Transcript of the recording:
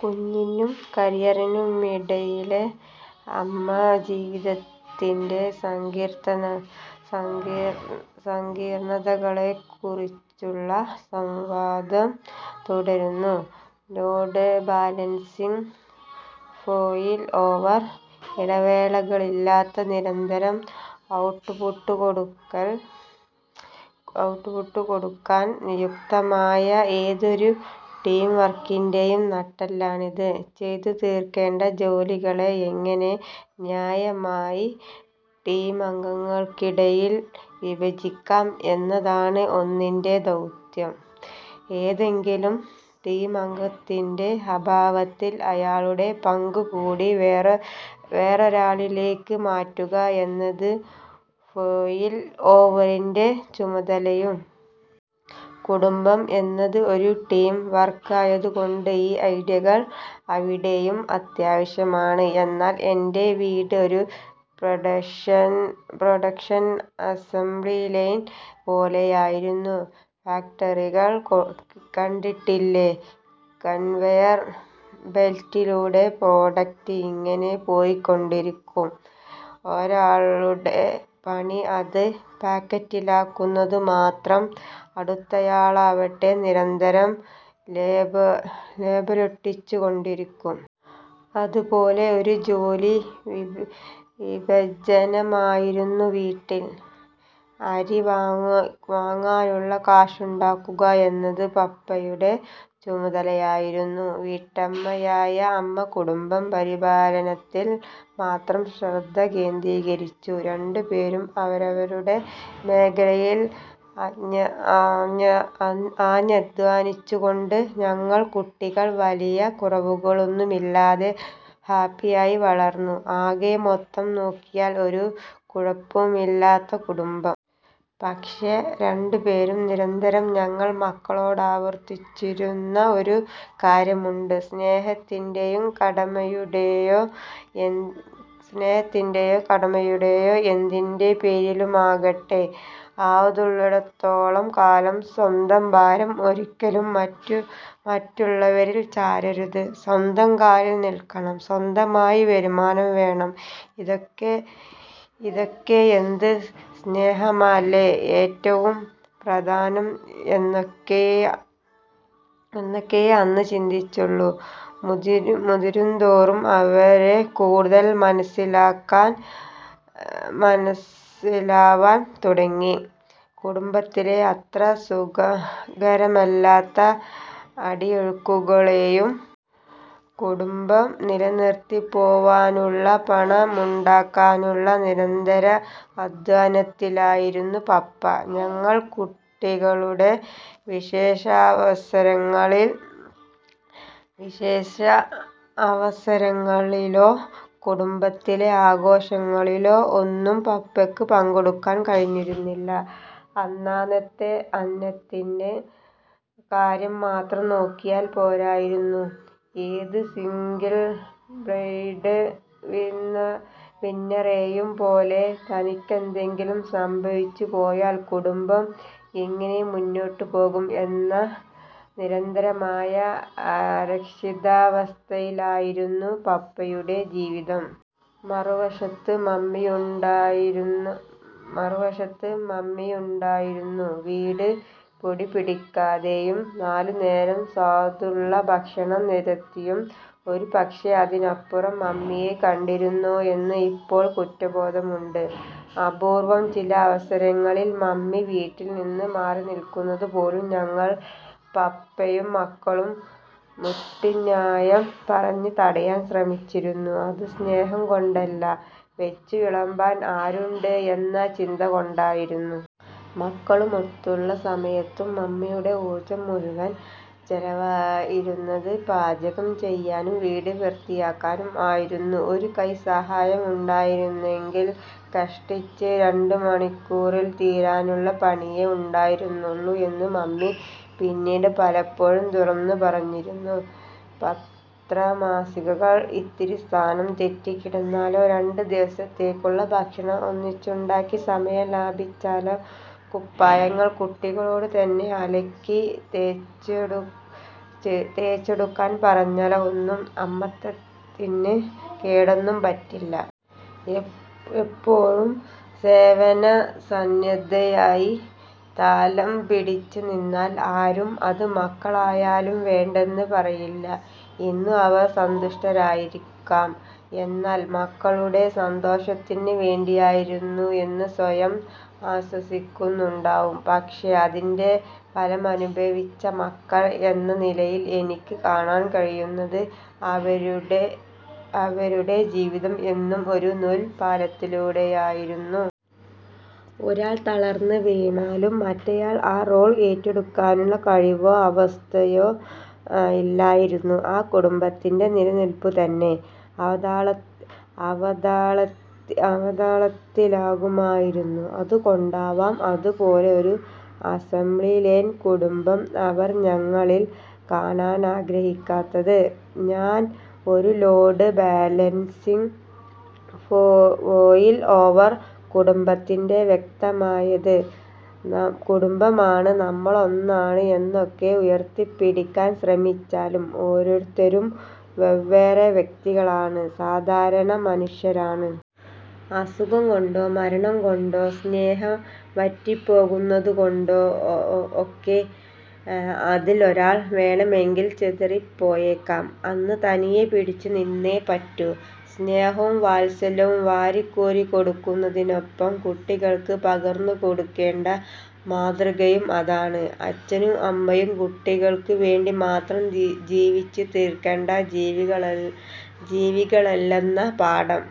കുഞ്ഞിനും കരിയറിനുമിടയിലെ അമ്മ ജീവിതത്തിൻ്റെ സങ്കീർണ്ണതകളെക്കുറിച്ചുള്ള സംവാദം തുടരുന്നു. Load balancing, failover. ഇടവേളകളില്ലാതെ നിരന്തരം ഔട്ട്പുട്ട് കൊടുക്കാൻ നിയുക്തമായ ഏതൊരു ടീം വർക്കിൻ്റെയും നട്ടെല്ലാണിത്. ചെയ്തു തീർക്കേണ്ട ജോലികളെ എങ്ങനെ ന്യായമായി ടീമംഗങ്ങൾക്കിടയിൽ വിഭജിക്കാം എന്നതാണ് ഒന്നിൻ്റെ ദൗത്യം. ഏതെങ്കിലും ടീമംഗത്തിൻ്റെ അഭാവത്തിൽ അയാളുടെ പങ്കു കൂടി വേറൊരാളിലേക്ക് മാറ്റുക എന്നത് ഫെയിൽ ഓവറിൻ്റെ ചുമതലയും. കുടുംബം എന്നതും ഒരു ടീം വർക്ക് ആയതുകൊണ്ട് ഈ ഐഡിയകൾ അവിടെയും അത്യാവശ്യമാണ്. എന്നാൽ എൻ്റെ വീട് ഒരു പ്രൊഡക്ഷൻ അസംബ്ലി ലൈൻ പോലെയായിരുന്നു. ഫാക്ടറികൾ കണ്ടിട്ടില്ലേ, കൺവെയർ ബെൽറ്റിലൂടെ പ്രൊഡക്റ്റ് ഇങ്ങനെ പോയ്ക്കൊണ്ടിരിക്കും. ഒരാളുടെ പണി അത് പാക്കറ്റിലാക്കുന്നത് മാത്രം. അടുത്തയാളാവട്ടെ നിരന്തരം ലേബലൊട്ടിച്ചുകൊണ്ടിരിക്കും. അതുപോലെ ഒരു ജോലി വിഭജനമായിരുന്നു വീട്ടിൽ. അരി വാങ്ങാനുള്ള കാശുണ്ടാക്കുക എന്നത് പപ്പയുടെ ചുമതലയായിരുന്നു. വീട്ടമ്മയായ അമ്മ കുടുംബപരിപാലനത്തിൽ മാത്രം ശ്രദ്ധ കേന്ദ്രീകരിച്ചു. രണ്ടുപേരും അവരവരുടെ മേഖലയിൽ ആഞ്ഞദ്ധ്വാനിച്ചതുകൊണ്ട് ഞങ്ങൾ കുട്ടികൾ വലിയ കുറവുകളൊന്നുമില്ലാതെ ഹാപ്പിയായി വളർന്നു. ആകെ മൊത്തം നോക്കിയാൽ ഒരു കുഴപ്പവുമില്ലാത്ത കുടുംബം. പക്ഷെ രണ്ടുപേരും നിരന്തരം ഞങ്ങൾ മക്കളോടാവർത്തിച്ചിരുന്ന ഒരു കാര്യമുണ്ട്; സ്നേഹത്തിൻ്റെയോ കടമയുടെയോ എന്തിൻ്റെ പേരിലുമാകട്ടെ, ആവതുള്ളിടത്തോളം കാലം സ്വന്തം ഭാരം ഒരിക്കലും മറ്റുള്ളവരിൽ ചാരരുത്. സ്വന്തം കാലിൽ നിൽക്കണം, സ്വന്തമായി വരുമാനം വേണം. ഇതൊക്കെയെന്ത്, സ്നേഹമല്ലേ ഏറ്റവും പ്രധാനം എന്നൊക്കെയേ അന്ന് ചിന്തിച്ചിട്ടുള്ളൂ. മുതിരുന്തോറും അവരെ കൂടുതൽ മനസ്സിലാവാൻ തുടങ്ങി, കുടുംബത്തിലെ അത്ര സുഖകരമല്ലാത്ത അടിയൊഴുക്കുകളെയും. കുടുംബം നിലനിർത്തിപ്പോവാനുള്ള പണമുണ്ടാക്കാനുള്ള നിരന്തര അധ്വാനത്തിലായിരുന്നു പപ്പ. ഞങ്ങൾ കുട്ടികളുടെ വിശേഷാവസരങ്ങളിലോ കുടുംബത്തിലെ ആഘോഷങ്ങളിലോ ഒന്നും പപ്പയ്ക്ക് പങ്കെടുക്കാൻ കഴിഞ്ഞിരുന്നില്ല. അന്നന്നത്തെ അന്നത്തിൻ്റെ കാര്യം മാത്രം നോക്കിയാൽ പോരായിരുന്നു. ഏത് സിംഗിൾ ബ്രെഡ് വിന്നറെയും പോലെ, തനിക്കെന്തെങ്കിലും സംഭവിച്ചു പോയാൽ കുടുംബം എങ്ങനെ മുന്നോട്ടു പോകും എന്ന നിരന്തരമായ അരക്ഷിതാവസ്ഥയിലായിരുന്നു പപ്പയുടെ ജീവിതം. മറുവശത്ത് മമ്മിയുണ്ടായിരുന്നു. വീട് പൊടിപിടിക്കാതെയും നാലുനേരം സ്വാദുള്ള ഭക്ഷണം നിരത്തിയും. ഒരുപക്ഷെ അതിനപ്പുറം മമ്മിയെ കണ്ടിരുന്നോ എന്ന് ഇപ്പോൾ കുറ്റബോധമുണ്ട്. അപൂർവ്വം ചില അവസരങ്ങളിൽ മമ്മി വീട്ടിൽ നിന്നും മാറി നിൽക്കുന്നത് പോലും ഞങ്ങൾ പപ്പയും മക്കളും മുട്ടുന്യായം പറഞ്ഞ് തടയാൻ ശ്രമിച്ചിരുന്നു. അത് സ്നേഹം കൊണ്ടല്ല, വെച്ചുവിളമ്പാൻ ആരുണ്ട് എന്ന ചിന്ത കൊണ്ടായിരുന്നു. മക്കളുമൊത്തുള്ള സമയത്തും മമ്മിയുടെ ഊർജ്ജം മുഴുവൻ ചെലവായിരുന്നത് പാചകം ചെയ്യാനും വീടു വൃത്തിയാക്കാനും ആയിരുന്നു. ഒരു കൈസഹായമുണ്ടായിരുന്നെങ്കിൽ കഷ്ടിച്ച് രണ്ടു മണിക്കൂറിൽ തീരാനുള്ള പണിയേ ഉണ്ടായിരുന്നുള്ളൂ എന്ന് മമ്മി പിന്നീട് പലപ്പോഴും തുറന്നു പറഞ്ഞിരുന്നു. പത്രമാസികകൾ ഇത്തിരി സ്ഥാനം തെറ്റി കിടന്നാലോ, രണ്ടു ദിവസത്തേക്കുള്ള ഭക്ഷണം ഒന്നിച്ചുണ്ടാക്കി സമയം ലാഭിച്ചാലോ, കുപ്പായങ്ങൾ കുട്ടികളോട് തന്നെ അലക്കി തേച്ചെടുക്കാൻ പറഞ്ഞാലോ ഒന്നും അമ്മത്തത്തിന് കോട്ടമൊന്നും പറ്റില്ല. എപ്പോഴും സേവനസന്നദ്ധയായി താലം പിടിച്ചു നിന്നാൽ ആരും, അത് മക്കളായാലും വേണ്ടെന്ന് പറയില്ല. ഇന്ന് അവർ സന്തുഷ്ടരായിരിക്കാം. എല്ലാം മക്കളുടെ സന്തോഷത്തിന് വേണ്ടിയായിരുന്നു എന്ന് സ്വയം ആശ്വസിക്കുന്നുണ്ടാവാം. പക്ഷെ അതിൻ്റെ ഫലമനുഭവിച്ച മകൾ എന്ന നിലയിൽ എനിക്ക് കാണാൻ കഴിയുന്നുണ്ട്, അവരുടെ ജീവിതം എന്നും ഒരു നൂൽപ്പാലത്തിലൂടെയായിരുന്നു. ഒരാൾ തളർന്നു വീണാൽ, മറ്റേയാൾക്ക് ആ റോൾ ഏറ്റെടുക്കാനുള്ള കഴിവോ അവസ്ഥയോ ഇല്ലായിരുന്നു. ആ കുടുംബത്തിൻ്റെ നിലനിൽപു തന്നെ അവതാളത്തിലാകുമായിരുന്നു. അതുകൊണ്ടാവാം, അതുപോലെ ഒരു അസംബ്ലി ലൈൻ കുടുംബം അവർ ഞങ്ങളിൽ കാണാനാഗ്രഹിക്കാത്തത്. ഞാൻ ഒരു ലോഡ് ബാലൻസിംഗ് ഫെയിൽ ഓവർ കുടുംബത്തിൻ്റെ വക്താവായത്. കുടുംബമാണ്, നമ്മളൊന്നാണ് എന്നൊക്കെ ഉയർത്തിപ്പിടിക്കാൻ ശ്രമിച്ചാലും ഓരോരുത്തരും വെവ്വേറെ വ്യക്തികളാണ്, സാധാരണ മനുഷ്യരാണ്. അസുഖം കൊണ്ടോ മരണം കൊണ്ടോ സ്നേഹം വറ്റിപ്പോകുന്നതുകൊണ്ടോ ഒക്കെ അതിൽ ഒരാൾ വേണമെങ്കിൽ ചിതറിപ്പോയേക്കാം. അന്ന് തനിയെ പിടിച്ചു നിന്നേ പറ്റൂ. സ്നേഹവും വാത്സല്യവും വാരിക്കോരി കൊടുക്കുന്നതിനൊപ്പം കുട്ടികൾക്ക് പകർന്നു കൊടുക്കേണ്ട മാതൃകയും അതാണ്. അച്ഛനും അമ്മയും കുട്ടികൾക്ക് വേണ്ടി മാത്രം ജീവിച്ചു തീർക്കേണ്ട ജീവികളല്ലെന്ന പാഠം.